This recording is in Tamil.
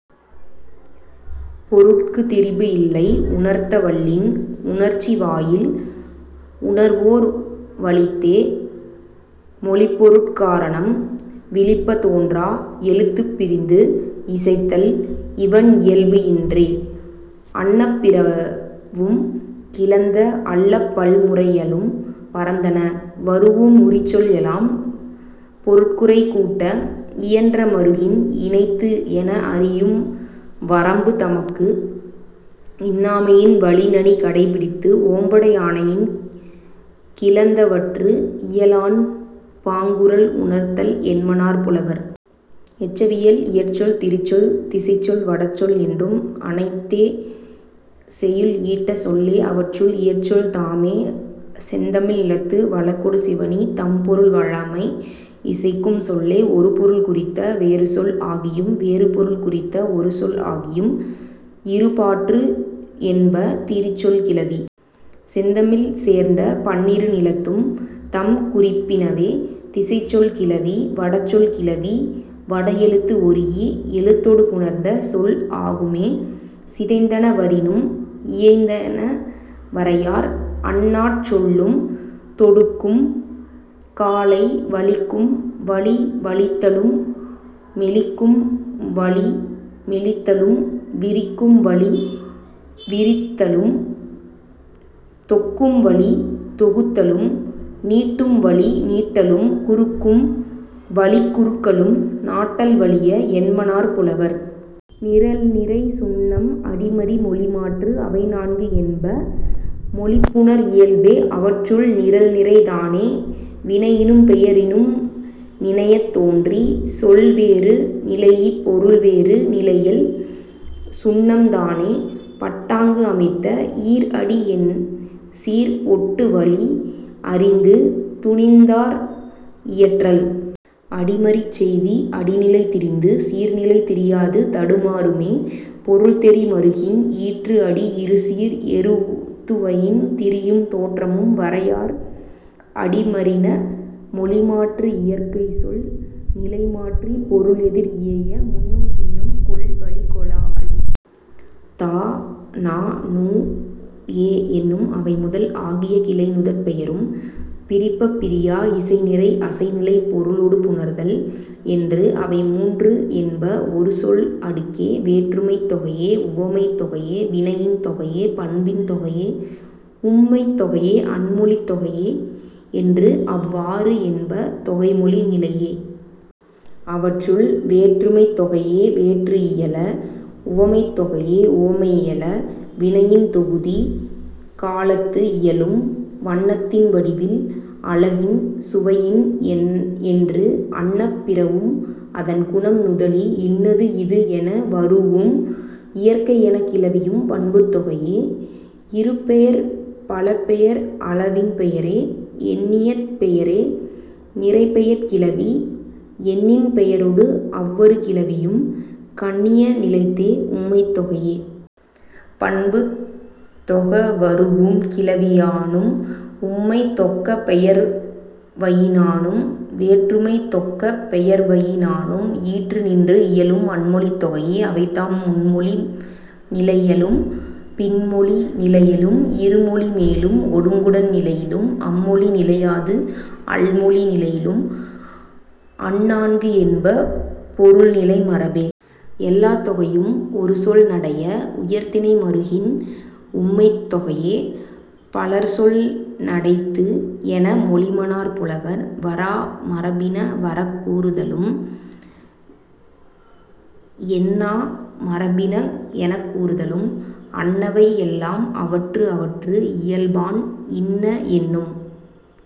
பொருட்குத் திரிபு இல்லை உணர்த்த வல்லின். உணர்ச்சி வாயில் உணர்வோர் வலித்தே. மொழிப் பொருட் காரணம் விழிப்பத் தோன்றா. எழுத்துப் பிரிந்து இசைத்தல் இவண் இயல்பு இன்றே அன்ன பிறவும் கிளந்த அல்ல பல் முறையானும் பரந்தன வரூஉம் உரிச்சொல் எல்லாம் பொருட்குறை கூட்ட இயன்ற மருங்கின் இனைத்து என அறியும் வரம்பு தமக்கு இன்மையின் வழி நனி கடைப்பிடித்து ஓம்படை ஆணையின் கிளந்தவற்று இயலான் பாங்குற உணர்தல் என்மனார் புலவர்.. எச்சவியல் இயற்சொல் திரிசொல் திசைச்சொல் வடசொல் என்று அனைத்தே செய்யுள் ஈட்டச் சொல்லே. அவற்றுள், இயற்சொல்தாமே செந்தமிழ் நிலத்து வழக்கொடு சிவணி தம் பொருள் வழாமை இசைக்கும் சொல்லே. ஒரு பொருள் குறித்த வேறு சொல் ஆகியும் வேறு பொருள் குறித்த ஒரு சொல் ஆகியும் இரு பாற்று என்ப திரிசொல் கிளவி. செந்தமிழ் சேர்ந்த பன்னிரு நிலத்தும் தம் குறிப்பினவே திசைச்சொல் கிளவி. வடசொல் கிளவி வட எழுத்து ஒரீஇ எழுத்தொடு புணர்ந்த சொல் ஆகும்மே. சிதைந்தன வரினும் இயைந்தன வரையார். அந் நாற் சொல்லும் தொடுக்கும் காலை வலிக்கும் வழி வலித்தலும் மெலிக்கும் வழி மெலித்தலும் விரிக்கும் வழி விரித்தலும் தொகுக்கும் வழித் தொகுத்தலும் நீட்டும் வழி நீட்டலும் குறுக்கும் வழிக் குறுக்கலும் நாட்டல் வலிய என்மனார் புலவர். நிரல்நிறை சுண்ணம் அடிமறி மொழிமாற்று அவை நான்கு என்ப மொழி புணர் இயல்பே. அவற்றுள், நிரல்நிறைதானே வினையினும் பெயரினும் நினையத் தோன்றி சொல் வேறு நிலைஇ பொருள் வேறு நிலையல். சுண்ணம்தானே பட்டாங்கு அமைந்த ஈர் அடி எண் சீர் ஒட்டு வழி அறிந்து துணித்தனர் இயற்றல். அடிமறிச் செய்தி அடி நிலை திரிந்து சீர் நிலை திரியாது தடுமாறும்மே. பொருள் தெரி மருங்கின் ஈற்று அடி இறு சீர் எருத்துவயின் திரியும் தோற்றமும் வரையார் அடிமறியான. மொழிமாற்று இயற்கை சொல் நிலை மாற்றி பொருள் எதிர் இயைய முன்னும் பின்னும் கொள் வழிக் கொளாஅல். த ந நு எ எனும் அவை முதல் ஆகிய கிளை நுதற் பெயரும் பிரிப்பப் பிரியா. இசைநிறை அசைநிலை பொருளொடு புணர்தல் என்று அவை மூன்று என்ப ஒரு சொல் அடுக்கே. வேற்றுமைத்தொகையே உவமத்தொகையே வினையின்தொகையே பண்பின்தொகையே உம்மைத்தொகையே அன்மொழித்தொகை என்று அவ் ஆறு என்ப தொகைமொழி நிலையே. அவற்றுள், வேற்றுமைத்தொகையே வேற்றுமை இயல. உவமத்தொகையே உவம இயல. வினையின்தொகுதி காலத்து இயலும். வண்ணத்தின் வடிவின் அளவின் சுவையின் என்று அன்ன பிறவும் அதன் குணம் நுதலி இன்னது இது என வரூஉம் இயற்கை என்ன கிளவியும் பண்பின்தொகையே. இரு பெயர் பல பெயர் அளவின்பெயரே எண்ணியற்பெயரே நிறைப்பெயர்க் கிளவி எண்ணின்பெயரொடு அவ் அறு கிளவியும் கண்ணிய நிலைத்தே உம்மைத்தொகையே. பண்பு தொக வரூஉம் கிளவியானும் உம்மை தொக்க பெயர்வயினானும் வேற்றுமை தொக்க பெயர்வயினானும் ஈற்று நின்று இயலும் அன்மொழித்தொகையே. அவைதாம், முன் மொழி நிலையலும் பின் மொழி நிலையலும் இரு மொழி மேலும் ஒருங்குடன் நிலையலும் அம் மொழி நிலையாது அல் மொழி நிலையலும் அந் நான்கு என்ப பொருள் நிலை மரபே. எல்லாத் தொகையும் ஒரு சொல் நடைய. உயர்திணை மருங்கின் உம்மைத்தொகையே பலர்சொல் நடைத்து என மொழிமனார் புலவர். வாரா மரபின வரக் கூறுதலும் என்னா மரபின எனக் கூறுதலும் அன்னவை எல்லாம் அவற்று அவற்று இயல்பான் இன்ன என்னும்